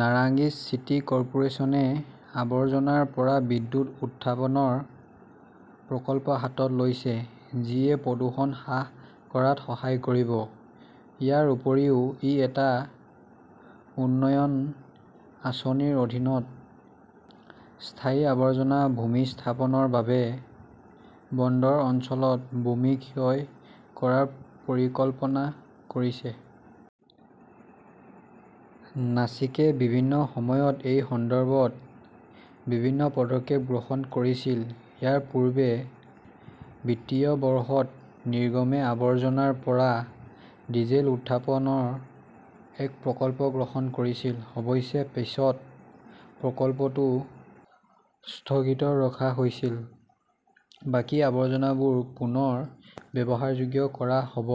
নাৰাংইজ চিটি কৰ্পোৰেচনে আৱৰ্জনাৰ পৰা বিদ্যুৎ উৎথাপনৰ এক প্ৰকল্প হাতত লৈছে, যিয়ে প্ৰদূষণ হ্ৰাস কৰাত সহায় কৰিব। ইয়াৰ উপৰিও ই এটা উন্নয়ন আঁচনিৰ অধীনত স্থায়ী আৱৰ্জনা ভূমি স্থাপনৰ বাবে বন্দৰ অঞ্চলত ভূমি ক্ৰয় কৰাৰ পৰিকল্পনা কৰিছে। নাছিকে বিভিন্ন সময়ত এই সন্দৰ্ভত বিভিন্ন পদক্ষেপ গ্ৰহণ কৰিছিল। ইয়াৰ পূৰ্বে বিত্তীয় বৰ্ষত নিগমে আৱৰ্জনাৰ পৰা ডিজেল উৎপাদনৰ এক প্ৰকল্প গ্ৰহণ কৰিছিল। অৱশ্যে পিছত প্ৰকল্পটো স্থগিত ৰখা হৈছিল। বাকী আৱৰ্জনাবোৰ পুনৰ ব্যৱহাৰযোগ্য কৰা হ 'ব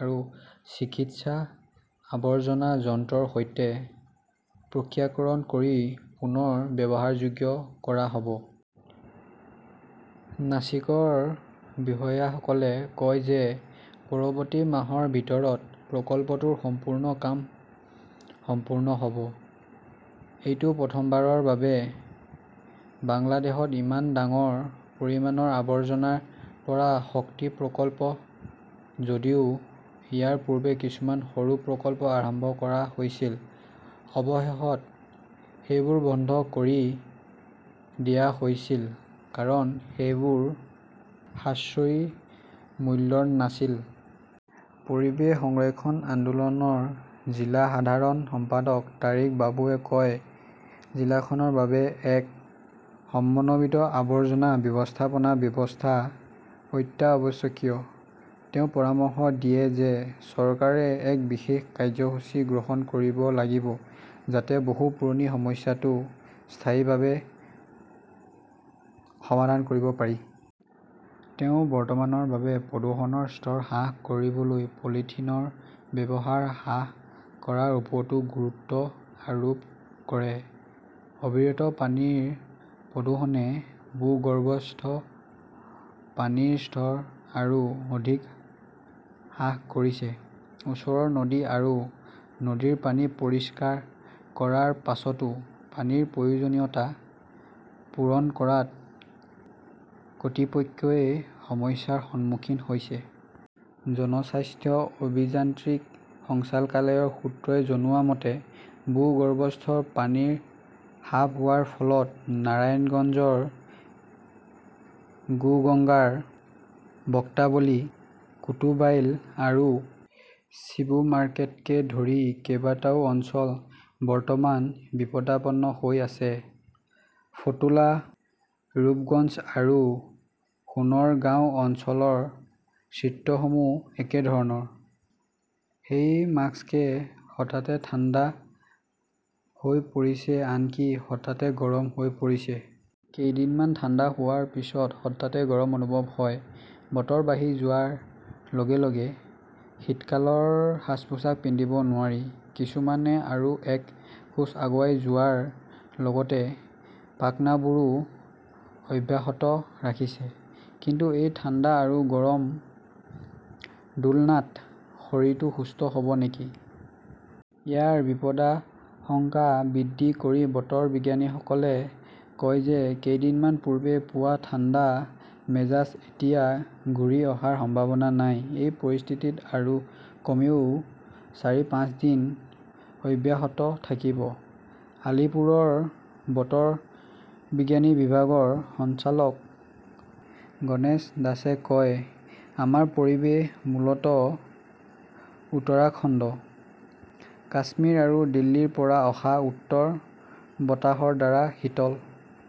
আৰু চিকিৎসা আৱৰ্জনা যন্ত্ৰৰ সৈতে প্ৰক্ৰিয়াকৰণ কৰি পুনৰ ব্যৱহাৰযোগ্য কৰা হ' ব। নাছিকৰ বিষয়াসকলে কয় যে পৰৱৰ্তী মাহৰ ভিতৰত প্ৰকল্পটোৰ সম্পূৰ্ণ কাম সম্পূৰ্ণ হ'ব ।এইটো প্ৰথমবাৰৰ বাবে বাংলাদেশত ইমান ডাঙৰ পৰিমাণৰ আৱৰ্জনাৰ পৰা শক্তি প্ৰকল্প যদিও ইয়াৰ পূৰ্বে কিছুমান সৰু প্ৰকল্প আৰম্ভ কৰা হৈছিল, অৱশেষত সেইবোৰ বন্ধ কৰি দিয়া হৈছিল কাৰণ সেইবোৰ সাশ্ৰয়ী মূল্যৰ নাছিল। পৰিৱেশ সংৰক্ষণ আন্দোলনৰ জিলা সাধাৰণ সম্পাদক তাৰিক বাবুৱে কয় জিলাখনৰ বাবে এক সমন্বিত আৱৰ্জনা ব্যৱস্থাপনা ব্যৱস্থা অত্যাৱশ্যকীয়। তেওঁ পৰামৰ্শ দিয়ে যে চৰকাৰে এক বিশেষ কাৰ্যসূচী গ্ৰহণ কৰিব লাগিব যাতে বহু পুৰণি সমস্যাটো স্থায়ীভাৱে সমাধান কৰিব পাৰি। তেওঁ বৰ্তমানৰ বাবে প্ৰদূষণৰ স্তৰ হ্ৰাস কৰিবলৈ পলিথিনৰ ব্যৱহাৰ হ্ৰাস কৰাৰ ওপৰতো গুৰুত্ব আৰোপ কৰে। অবিৰত পানীৰ প্ৰদূষণে ভূগৰ্ভস্থ, পানীৰ স্তৰ আৰু অধিক হ্ৰাস কৰিছে। ওচৰৰ নদী আৰু নদীৰ পানী পৰিষ্কাৰ কৰাৰ পিছতো পানীৰ প্ৰয়োজনীয়তা পূৰণ কৰাত কৰ্তৃপক্ষই সমস্যাৰ সন্মুখীন হৈছে। জনস্বাস্থ্য অভিযান্ত্ৰিক সঞ্চালকালয়ৰ সূত্ৰই জনোৱা মতে, ভূগৰ্ভস্থ পানী হ্ৰাস পোৱাৰ ফলত নাৰায়ণগঞ্জৰ গোগঙ্গাৰ, বক্তাবলী, কুতুবাইল আৰু শিৱুমাৰ্কেটকে ধৰি কেইবাটাও অঞ্চল বৰ্তমান বিপদাপন্ন হৈ আছে। ফতুল্লা, ৰূপগঞ্জ আৰু সোণৰগাঁও অঞ্চলৰ চিত্ৰসমূহ একেধৰণৰ। সেই মাস্কে হঠাতে ঠাণ্ডা হৈ পৰিছে আনকি হঠাতে গৰম হৈ পৰিছে। কেইদিনমান ঠাণ্ডা হোৱাৰ পিছত হঠাতে গৰম অনুভৱ হয়। বতৰ বাঢ়ি যোৱাৰ লগে -লগে শীতকালৰ সাজ-পোছাক পিন্ধিব নোৱাৰি। কিছুমানে আৰু এক খোজ আগুৱাই যোৱাৰ লগতে পাখনাবোৰো অব্যাহত ৰাখিছে। কিন্তু এই ঠাণ্ডা আৰু গৰমৰ দোলনাত শৰীৰটো সুস্থ হ'ব নেকি? ইয়াৰ বিপদাশংকা বৃদ্ধি কৰি বতৰ বিজ্ঞানীসকলে কয় যে কেইদিনমান পূৰ্বে পোৱা ঠাণ্ডা মেজাজ এতিয়া ঘূৰি অহাৰ সম্ভাৱনা নাই। এই পৰিস্থিতি আৰু কমেও চাৰি-পাঁচ দিন অব্যাহত থাকিব। আলিপুৰৰ বতৰ বিজ্ঞান বিভাগৰ সঞ্চালক গণেশ দাসে কয়, আমাৰ পৰিৱেশ মূলত উত্তৰাখণ্ড, কাশ্মীৰ আৰু দিল্লীৰ পৰা অহা উত্তৰ বতাহৰ দ্বাৰা শীতল।